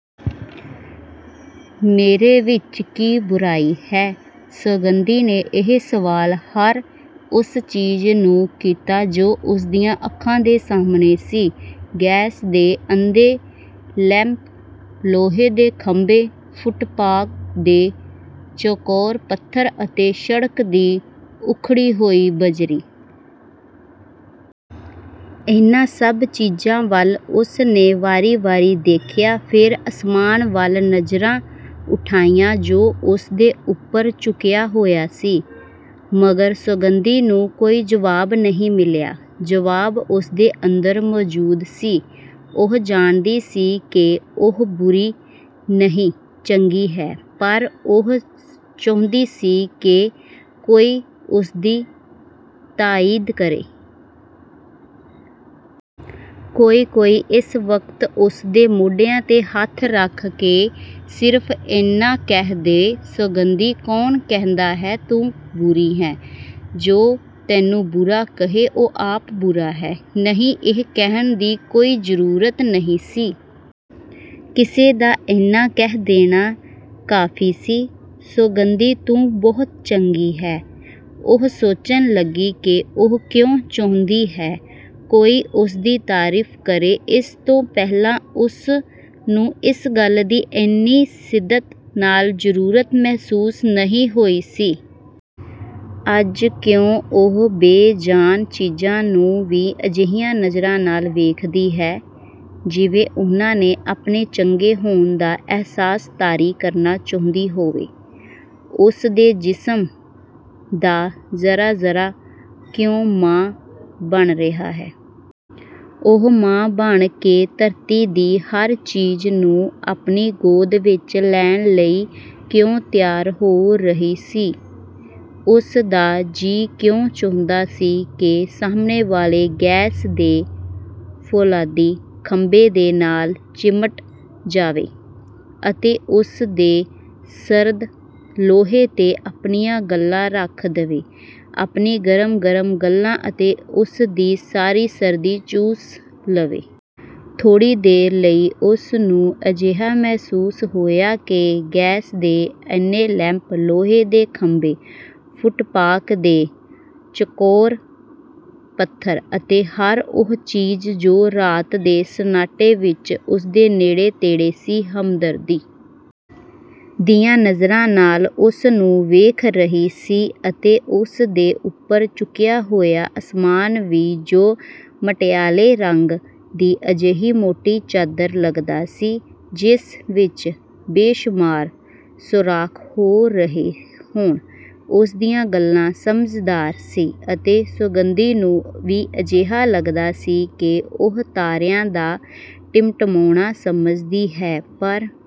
ਮੇਰੇ ਵਿੱਚ ਕੀ ਬੁਰਾਈ ਹੈ? ਸੌਗੰਧੀ ਨੇ ਇਹ ਸਵਾਲ ਹਰ ਉਸ ਚੀਜ਼ ਨੂੰ ਕੀਤਾ ਜੋ ਉਸਦੀਆਂ ਅੱਖਾਂ ਦੇ ਸਾਹਮਣੇ ਸੀ। ਗੈਸ ਦੇ ਅੰਧੇ ਲੈਂਪ, ਲੋਹੇ ਦੇ ਖੰਭੇ, ਫੁਟਪਾਥ ਦੇ ਚੁਕੋਰ ਪੱਥਰ ਅਤੇ ਸੜਕ ਦੀ ਉਖੜੀ ਹੋਈ ਬਜਰੀ। ਇਨ੍ਹਾਂ ਸਭ ਚੀਜ਼ਾਂ ਵੱਲ ਉਸਨੇ ਵਾਰੀ ਵਾਰੀ ਵੇਖਿਆ, ਫਿਰ ਅਸਮਾਨ ਵੱਲ ਨਜ਼ਰਾਂ ਉਠਾਈਆਂ ਜੋ ਉਸਦੇ ਉੱਪਰ ਝੁੱਕਿਆ ਹੋਇਆ ਸੀ, ਮਗਰ ਸੌਗੰਧੀ ਨੂੰ ਕੋਈ ਜਵਾਬ ਨਹੀਂ ਮਿਲਿਆ। ਜਵਾਬ ਉਸਦੇ ਅੰਦਰ ਮੌਜੂਦ ਸੀ। ਉਹ ਜਾਣਦੀ ਸੀ ਕਿ ਉਹ ਬੁਰੀ ਨਹੀਂ, ਚੰਗੀ ਹੈ, ਪਰ ਉਹ ਚਾਹੁੰਦੀ ਸੀ ਕਿ ਕੋਈ ਉਸਦੀ ਤਾਈਦ ਕਰੇ। ਕੋਈ, ਕੋਈ, ਇਸ ਵਕਤ ਉਸਦੇ ਮੋਢਿਆਂ ਤੇ ਹੱਥ ਰੱਖ ਕੇ ਸਿਰਫ਼ ਇੰਨਾ ਕਹਿ ਦੇ, "ਸੌਗੰਧੀ! ਕੌਣ ਕਹਿੰਦਾ ਹੈ, ਤੂੰ ਬੁਰੀ ਹੈਂ, ਜੋ ਤੈਨੂੰ ਬੁਰਾ ਕਹੇ, ਉਹ ਆਪ ਬੁਰਾ ਹੈ।" ਨਹੀਂ, ਇਹ ਕਹਿਣ ਦੀ ਕੋਈ ਜ਼ਰੂਰਤ ਨਹੀਂ ਸੀ। ਕਿਸੇ ਦਾ ਇੰਨਾ ਕਹਿ ਦੇਣਾ ਕਾਫ਼ੀ ਸੀ, "ਸੌਗੰਧੀ, ਤੂੰ ਬਹੁਤ ਚੰਗੀ ਹੈਂ!" ਉਹ ਸੋਚਣ ਲੱਗੀ ਕਿ ਉਹ ਕਿਉਂ ਚਾਹੁੰਦੀ ਹੈ ਕੋਈ ਉਸਦੀ ਤਾਰੀਫ਼ ਕਰੇ। ਇਸ ਤੋਂ ਪਹਿਲਾਂ ਉਸਨੂੰ ਇਸ ਗੱਲ ਦੀ ਇੰਨੀ ਸ਼ਿੱਦਤ ਨਾਲ਼ ਜ਼ਰੂਰਤ ਮਹਿਸੂਸ ਨਹੀਂ ਹੋਈ ਸੀ। ਅੱਜ ਕਿਉਂ ਉਹ ਬੇਜਾਨ ਚੀਜ਼ਾਂ ਨੂੰ ਵੀ ਅਜਿਹੀਆਂ ਨਜ਼ਰਾਂ ਨਾਲ਼ ਵੇਖਦੀ ਹੈ, ਜਿਵੇਂ ਉਨ੍ਹਾਂ ਤੇ ਆਪਣੇ ਚੰਗੇ ਹੋਣ ਦਾ ਅਹਿਸਾਸ ਤਾਰੀ ਕਰਨਾ ਚਾਹੁੰਦੀ ਹੋਵੇ, ਉਸਦੇ ਜਿਸਮ ਦਾ ਜ਼ੱਰਾ ਜ਼ੱਰਾ ਕਿਉਂ ਮਾਂ ਬਣ ਰਿਹਾ ਹੈ। ਉਹ ਮਾਂ ਬਣ ਕੇ ਧਰਤੀ ਦੀ ਹਰ ਚੀਜ਼ ਨੂੰ ਆਪਣੀ ਗੋਦ ਵਿੱਚ ਲੈਣ ਲਈ ਕਿਉਂ ਤਿਆਰ ਹੋ ਰਹੀ ਸੀ? ਉਸ ਦਾ ਜੀ ਕਿਉਂ ਚਾਹੁੰਦਾ ਸੀ ਕਿ ਸਾਹਮਣੇ ਵਾਲੇ ਗੈਸ ਦੇ ਫੌਲਾਦੀ ਖੰਭੇ ਦੇ ਨਾਲ਼ ਚਿਮਟ ਜਾਵੇ ਅਤੇ ਉਸਦੇ ਸਰਦ ਲੋਹੇ ਤੇ ਆਪਣੀਆਂ ਗੱਲ੍ਹਾਂ ਰੱਖ ਦੇਵੇ, ਆਪਣੀਆਂ ਗਰਮ-ਗਰਮ ਗੱਲ੍ਹਾਂ ਅਤੇ ਉਸਦੀ ਸਾਰੀ ਸਰਦੀ ਚੂਸ ਲਵੇ। ਥੋੜ੍ਹੀ ਦੇਰ ਲਈ ਉਸਨੂੰ ਅਜਿਹਾ ਮਹਿਸੂਸ ਹੋਇਆ ਕਿ ਗੈਸ ਦੇ ਅੰਨ੍ਹੇ ਲੈਂਪ, ਲੋਹੇ ਦੇ ਖੰਭੇ, ਫੁਟਪਾਥ ਦੇ ਚਕੋਰ ਪੱਥਰ ਅਤੇ ਹਰ ਉਹ ਚੀਜ਼ ਜੋ ਰਾਤ ਦੇ ਸੰਨਾਟੇ ਵਿੱਚ ਉਸਦੇ ਨੇੜੇ ਤੇੜੇ ਸੀ, ਹਮਦਰਦੀ ਦੀਆਂ ਨਜ਼ਰਾਂ ਨਾਲ਼ ਉਸਨੂੰ ਵੇਖ ਰਹੀ ਸੀ ਅਤੇ ਉਸਦੇ ਉੱਪਰ ਝੁੱਕਿਆ ਹੋਇਆ ਅਸਮਾਨ ਵੀ ਜੋ ਮਟਿਆਲੇ ਰੰਗ ਦੀ ਅਜਿਹੀ ਮੋਟੀ ਚਾਦਰ ਲੱਗਦਾ ਸੀ ਜਿਸ ਵਿੱਚ ਬੇਸ਼ੁਮਾਰ ਸੂਰਾਖ਼ ਹੋ ਰਹੇ ਹੋਣ, ਉਸਦੀਆਂ ਗੱਲਾਂ ਸਮਝਦਾ ਸੀ ਅਤੇ ਸੌਗੰਧੀ ਨੂੰ ਵੀ ਅਜਿਹਾ ਲੱਗਦਾ ਸੀ ਕਿ ਉਹ ਤਾਰਿਆਂ ਦਾ ਟਿਮਟਿਮਾਉਣਾ ਸਮਝਦੀ ਹੈ। ਪਰ